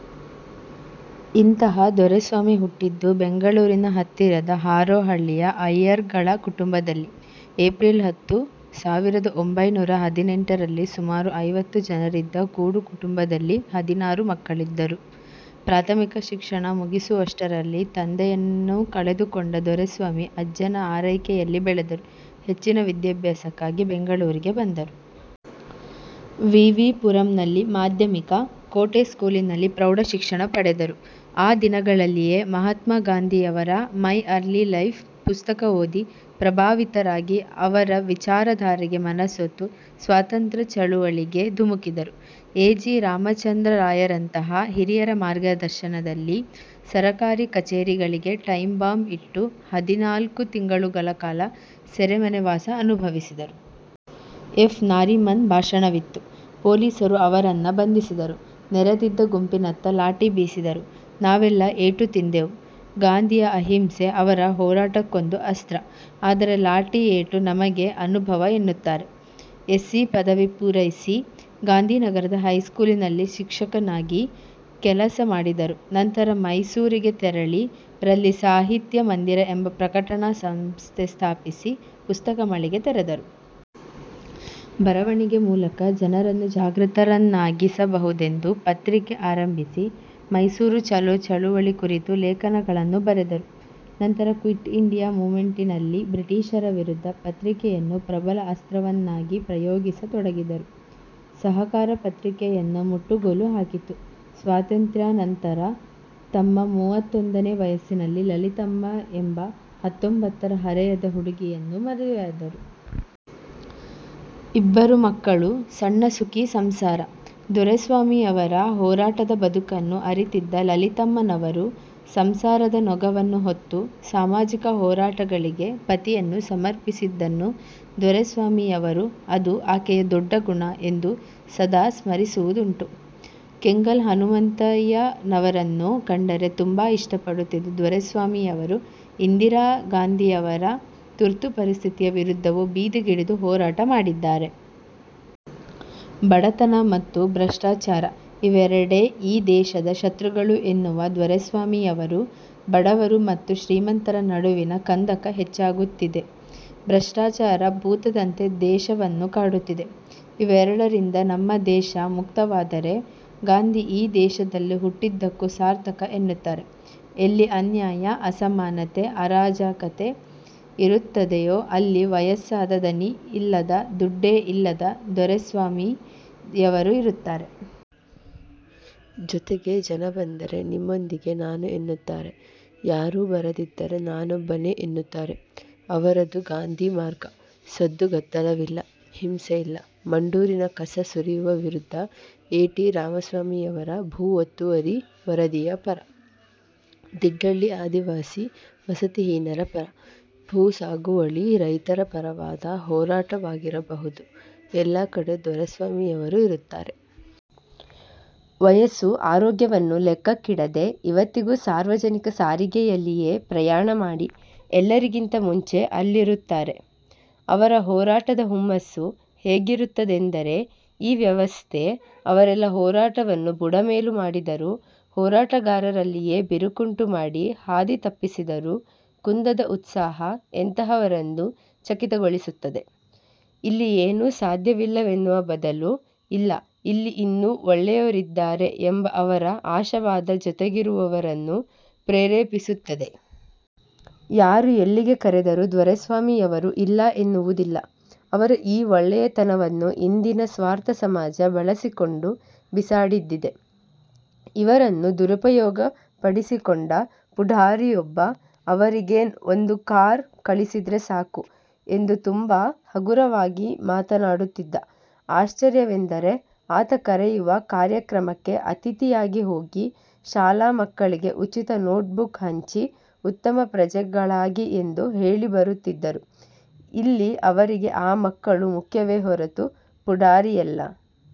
ಇಂತಹ ದೊರೆಸ್ವಾಮಿ ಹುಟ್ಟಿದ್ದು ಬೆಂಗಳೂರಿನ ಹತ್ತಿರದ ಹಾರೋಹಳ್ಳಿಯ ಅಯ್ಯರ್ಗಳ ಕುಟುಂಬದಲ್ಲಿ, ಎಪ್ರಿಲ್ ಹತ್ತು, ಸಾವಿರದ ಒಂಭೈನೂರ ಹದಿನೆಂಟರಲ್ಲಿ ಸುಮಾರು ಐವತ್ತು ಜನರಿದ್ದ ಕೂಡು ಕುಟುಂಬದಲ್ಲಿ ಹದಿನಾರು ಮಕ್ಕಳಿದ್ದರು. ಪ್ರಾಥಮಿಕ ಶಿಕ್ಷಣ ಮುಗಿಸುವಷ್ಟರಲ್ಲಿ, ತಂದೆಯನ್ನು ಕಳೆದುಕೊಂಡ ದೊರೆಸ್ವಾಮಿ ಅಜ್ಜನ ಆರೈಕೆಯಲ್ಲಿ ಬೆಳೆದರು. ಹೆಚ್ಚಿನ ವಿದ್ಯಾಭ್ಯಾಸಕ್ಕಾಗಿ ಬೆಂಗಳೂರಿಗೆ ಬಂದರು. ವಿವಿ ಪುರಂನಲ್ಲಿ ಮಾಧ್ಯಮಿಕ, ಕೋಟೆ ಸ್ಕೂಲಿನಲ್ಲಿ ಪ್ರೌಢಶಿಕ್ಷಣ ಪಡೆದರು. ಆ ದಿನಗಳಲ್ಲಿಯೇ ಮಹಾತ್ಮ ಗಾಂಧಿಯವರ 'ಮೈ ಅರ್ಲಿ ಲೈಫ್' ಪುಸ್ತಕ ಓದಿ, ಪ್ರಭಾವಿತರಾಗಿ, ಅವರ ವಿಚಾರಧಾರೆಗೆ ಮನಸೋತು ಸ್ವಾತಂತ್ರ್ಯ ಚಳವಳಿಗೆ ಧುಮುಕಿದರು. ಎ. ಜಿ. ರಾಮಚಂದ್ರರಾಯರಂತಹ ಹಿರಿಯರ ಮಾರ್ಗದರ್ಶನದಲ್ಲಿ ಸರಕಾರಿ ಕಚೇರಿಗಳಿಗೆ ಟೈಂಬಾಂಬ್ ಇಟ್ಟು, ಹದಿನಾಲ್ಕು ತಿಂಗಳುಗಳ ಕಾಲ ಸೆರೆಮನೆ ವಾಸ ಅನುಭವಿಸಿದರು. ಎಫ್. ನಾರಿಮನ್ ಭಾಷಣವಿತ್ತು. ಪೊಲೀಸರು ಅವರನ್ನು ಬಂಧಿಸಿದರು. ನೆರೆದಿದ್ದ ಗುಂಪಿನತ್ತ ಲಾಠಿ ಬೀಸಿದರು. ನಾವೆಲ್ಲ ಏಟು ತಿಂದೆವು. ಗಾಂಧಿಯ ಅಹಿಂಸೆ ಅವರ ಹೋರಾಟಕ್ಕೊಂದು ಅಸ್ತ್ರ, ಆದರೆ ಲಾಠಿ ಏಟು ನಮಗೆ ಅನುಭವ'' ಎನ್ನುತ್ತಾರೆ. ಎಸ್ಸಿ ಪದವಿ ಪೂರೈಸಿ, ಗಾಂಧಿನಗರದ ಹೈಸ್ಕೂಲಿನಲ್ಲಿ ಶಿಕ್ಷಕನಾಗಿ ಕೆಲಸ ಮಾಡಿದರು. ನಂತರ ಮೈಸೂರಿಗೆ ತೆರಳಿ ರಲ್ಲಿ ಸಾಹಿತ್ಯ ಮಂದಿರ ಎಂಬ ಪ್ರಕಟಣಾ ಸಂಸ್ಥೆ ಸ್ಥಾಪಿಸಿ ಪುಸ್ತಕ ಮಳಿಗೆ ತೆರೆದರು. ಬರವಣಿಗೆ ಮೂಲಕ ಜನರನ್ನು ಜಾಗೃತರನ್ನಾಗಿ ಸಬಹುದೆಂದು ಪತ್ರಿಕೆ ಆರಂಭಿಸಿ, ಮೈಸೂರು ಚಲೋ ಚಳವಳಿ ಕುರಿತು ಲೇಖನಗಳನ್ನು ಬರೆದರು. ನಂತರ ಕ್ವಿಟ್ ಇಂಡಿಯಾ ಮೂವ್ಮೆಂಟಿನಲ್ಲಿ ಬ್ರಿಟಿಷರ ವಿರುದ್ಧ ಪತ್ರಿಕೆಯನ್ನು ಪ್ರಬಲ ಅಸ್ತ್ರವನ್ನಾಗಿ ಪ್ರಯೋಗಿಸತೊಡಗಿದರು. ಸರಕಾರ ಪತ್ರಿಕೆಯನ್ನು ಮುಟ್ಟುಗೋಲು ಹಾಕಿತು. ಸ್ವಾತಂತ್ರ್ಯಾನಂತರ ತಮ್ಮ ಮೂವತ್ತೊಂದನೇ ವಯಸ್ಸಿನಲ್ಲಿ ಲಲಿತಮ್ಮ ಎಂಬ ಹತ್ತೊಂಬತ್ತರ ಹರೆಯದ ಹುಡುಗಿಯನ್ನು ಮದುವೆಯಾದರು. ಇಬ್ಬರು ಮಕ್ಕಳು. ಸಣ್ಣ ಸುಖಿ ಸಂಸಾರ. ದೊರೆಸ್ವಾಮಿಯವರ ಹೋರಾಟದ ಬದುಕನ್ನು ಅರಿತಿದ್ದ ಲಲಿತಮ್ಮನವರು, ಸಂಸಾರದ ನೊಗವನ್ನು ಹೊತ್ತು, ಸಾಮಾಜಿಕ ಹೋರಾಟಗಳಿಗೆ ಪತಿಯನ್ನು ಸಮರ್ಪಿಸಿದ್ದನ್ನು ದೊರೆಸ್ವಾಮಿಯವರು ''ಅದು ಆಕೆಯ ದೊಡ್ಡ ಗುಣ'' ಎಂದು ಸದಾ ಸ್ಮರಿಸುವುದುಂಟು. ಕೆಂಗಲ್ ಹನುಮಂತಯ್ಯನವರನ್ನು ಕಂಡರೆ ತುಂಬಾ ಇಷ್ಟಪಡುತ್ತಿದ್ದ ದೊರೆಸ್ವಾಮಿಯವರು, ಇಂದಿರಾ ಗಾಂಧಿಯವರ ತುರ್ತು ಪರಿಸ್ಥಿತಿಯ ವಿರುದ್ಧವೂ ಬೀದಿಗಿಳಿದು ಹೋರಾಟ ಮಾಡಿದ್ದಿದೆ. ಬಡತನ ಮತ್ತು ಭ್ರಷ್ಟಾಚಾರ- ಇವರೆಡೇ ಈ ದೇಶದ ಶತ್ರುಗಳು ಎನ್ನುವ ದೊರೆಸ್ವಾಮಿಯವರು, ''ಬಡವರು ಮತ್ತು ಶ್ರೀಮಂತರ ನಡುವಿನ ಕಂದಕ ಹೆಚ್ಚಾಗುತ್ತಿದೆ. ಭ್ರಷ್ಟಾಚಾರ ಭೂತದಂತೆ ದೇಶವನ್ನು ಕಾಡುತ್ತಿದೆ. ಇವೆರಡರಿಂದ ನಮ್ಮ ದೇಶ ಮುಕ್ತವಾದರೆ, ಗಾಂಧಿ ಈ ದೇಶದಲ್ಲಿ ಹುಟ್ಟಿದ್ದಕ್ಕೂ ಸಾರ್ಥಕ' ಎನ್ನುತ್ತಾರೆ. ಎಲ್ಲಿ ಅನ್ಯಾಯ, ಅಸಮಾನತೆ, ಅರಾಜಕತೆ ಇರುತ್ತದೆಯೋ ಅಲ್ಲಿ ವಯಸ್ಸಾದ, ದನಿ ಇಲ್ಲದ, ದುಡ್ಡೇ ಇಲ್ಲದ ದೊರೆಸ್ವಾಮಿ ಯವರು ಇರುತ್ತಾರೆ. ಜೊತೆಗೆ ಜನ ಬಂದರೆ, ನಿಮ್ಮಾಂದಿಗೆ ನಾನು ಎನ್ನುತ್ತಾರೆ. ಯಾರೂ ಬರದಿದ್ದರೆ ನಾನೊಬ್ಬನೆ ಎನ್ನುತ್ತಾರೆ. ಅವರದು ಗಾಂಧಿ ಮಾರ್ಗ. ಸದ್ದು ಗದ್ದಲವಿಲ್ಲ, ಹಿಂಸೆಯಿಲ್ಲ. ಮಂಡೂರಿನ ಕಸ ಸುರಿಯುವ ವಿರುದ್ಧ, ಎ. ಟಿ. ರಾಮಸ್ವಾಮಿಯವರ ಭೂ ಒತ್ತುವರಿ ವರದಿಯ ಪರ, ದಿಡ್ಡಳ್ಳಿ ಆದಿವಾಸಿ ವಸತಿಹೀನರ ಪರ, ಭೂ ಸಾಗುವಳಿ ರೈತರ ಪರವಾದ ಹೋರಾಟವಾಗಿರಬಹುದು ಎಲ್ಲಾ ಕಡೆ ದೊರೆಸ್ವಾಮಿಯವರು ಇರುತ್ತಾರೆ. ವಯಸ್ಸು, ಆರೋಗ್ಯವನ್ನು ಲೆಕ್ಕಕ್ಕಿಡದೆ, ಇವತ್ತಿಗೂ ಸಾರ್ವಜನಿಕ ಸಾರಿಗೆಯಲ್ಲಿಯೇ ಪ್ರಯಾಣ ಮಾಡಿ, ಎಲ್ಲರಿಗಿಂತ ಮುಂಚೆ ಅಲ್ಲಿರುತ್ತಾರೆ. ಅವರ ಹೋರಾಟದ ಹುಮ್ಮಸ್ಸು ಹೇಗಿರುತ್ತದೆಂದರೆ, ಈ ವ್ಯವಸ್ಥೆ ಅವರೆಲ್ಲ್ಲಾ ಹೋರಾಟವನ್ನು ಬುಡಮೇಲು ಮಾಡಿದರೂ, ಹೋರಾಟಗಾರರಲ್ಲಿಯೇ ಬಿರುಕುಂಟು ಮಾಡಿ ಹಾದಿ ತಪ್ಪಿಸಿದರೂ, ಕುಂದದ ಉತ್ಸಾಹ ಎಂತಹವರನ್ನು ಚಕಿತಗೊಳಿಸುತ್ತದೆ. ಇಲ್ಲಿ ಏನೂ ಸಾಧ್ಯವಿಲ್ಲವೆನ್ನುವ ಬದಲು; ಇಲ್ಲ, ಇಲ್ಲಿ ಇನ್ನೂ ಒಳ್ಳೆಯವರಿದ್ದಾರೆ ಎಂಬ ಅವರ ಆಶಾವಾದ ಜೊತೆಗಿರುವವರನ್ನೂ ಪ್ರೇರೇಪಿಸುತ್ತದೆ. ಯಾರು ಎಲ್ಲಿಗೆ ಕರೆದರೂ ದೊರೆಸ್ವಾಮಿಯವರು ಇಲ್ಲ ಎನ್ನುವುದಿಲ್ಲ. ಅವರ ಈ ಒಳ್ಳೆಯತನವನ್ನು ಇಂದಿನ ಸ್ವಾರ್ಥಸಮಾಜ ಬಳಸಿಕೊಂಡು ಬಿಸಾಡಿದ್ದಿದೆ. ಇವರನ್ನು ದುರುಪಯೋಗಪಡಿಸಿಕೊಂಡ ಪುಢಾರಿಯೊಬ್ಬ, ''ಅವರಿಗೇನ್ ಒಂದು ಕಾರ್ ಕಳಿಸಿದ್ರೆ ಸಾಕು'' ಎಂದು ತುಂಬಾ ಹಗುರವಾಗಿ ಮಾತನಾಡುತ್ತಿದ್ದ. ಆಶ್ಚರ್ಯವೆಂದರೆ, ಆತ ಕರೆಯುವ ಕಾರ್ಯಕ್ರಮಕ್ಕೆ ಅತಿಥಿಯಾಗಿ ಹೋಗಿ, ಶಾಲಾ ಮಕ್ಕಳಿಗೆ ಉಚಿತ ನೋಟ್ ಬುಕ್ ಹಂಚಿ, ಉತ್ತಮ ಪ್ರಜೆಗಳಾಗಿ ಎಂದು ಹೇಳಿ ಬರುತ್ತಿದ್ದರು. ಇಲ್ಲಿ ಅವರಿಗೆ ಆ ಮಕ್ಕಳು ಮುಖ್ಯವೇ ಹೊರತು, ಪುಢಾರಿಯಲ್ಲ.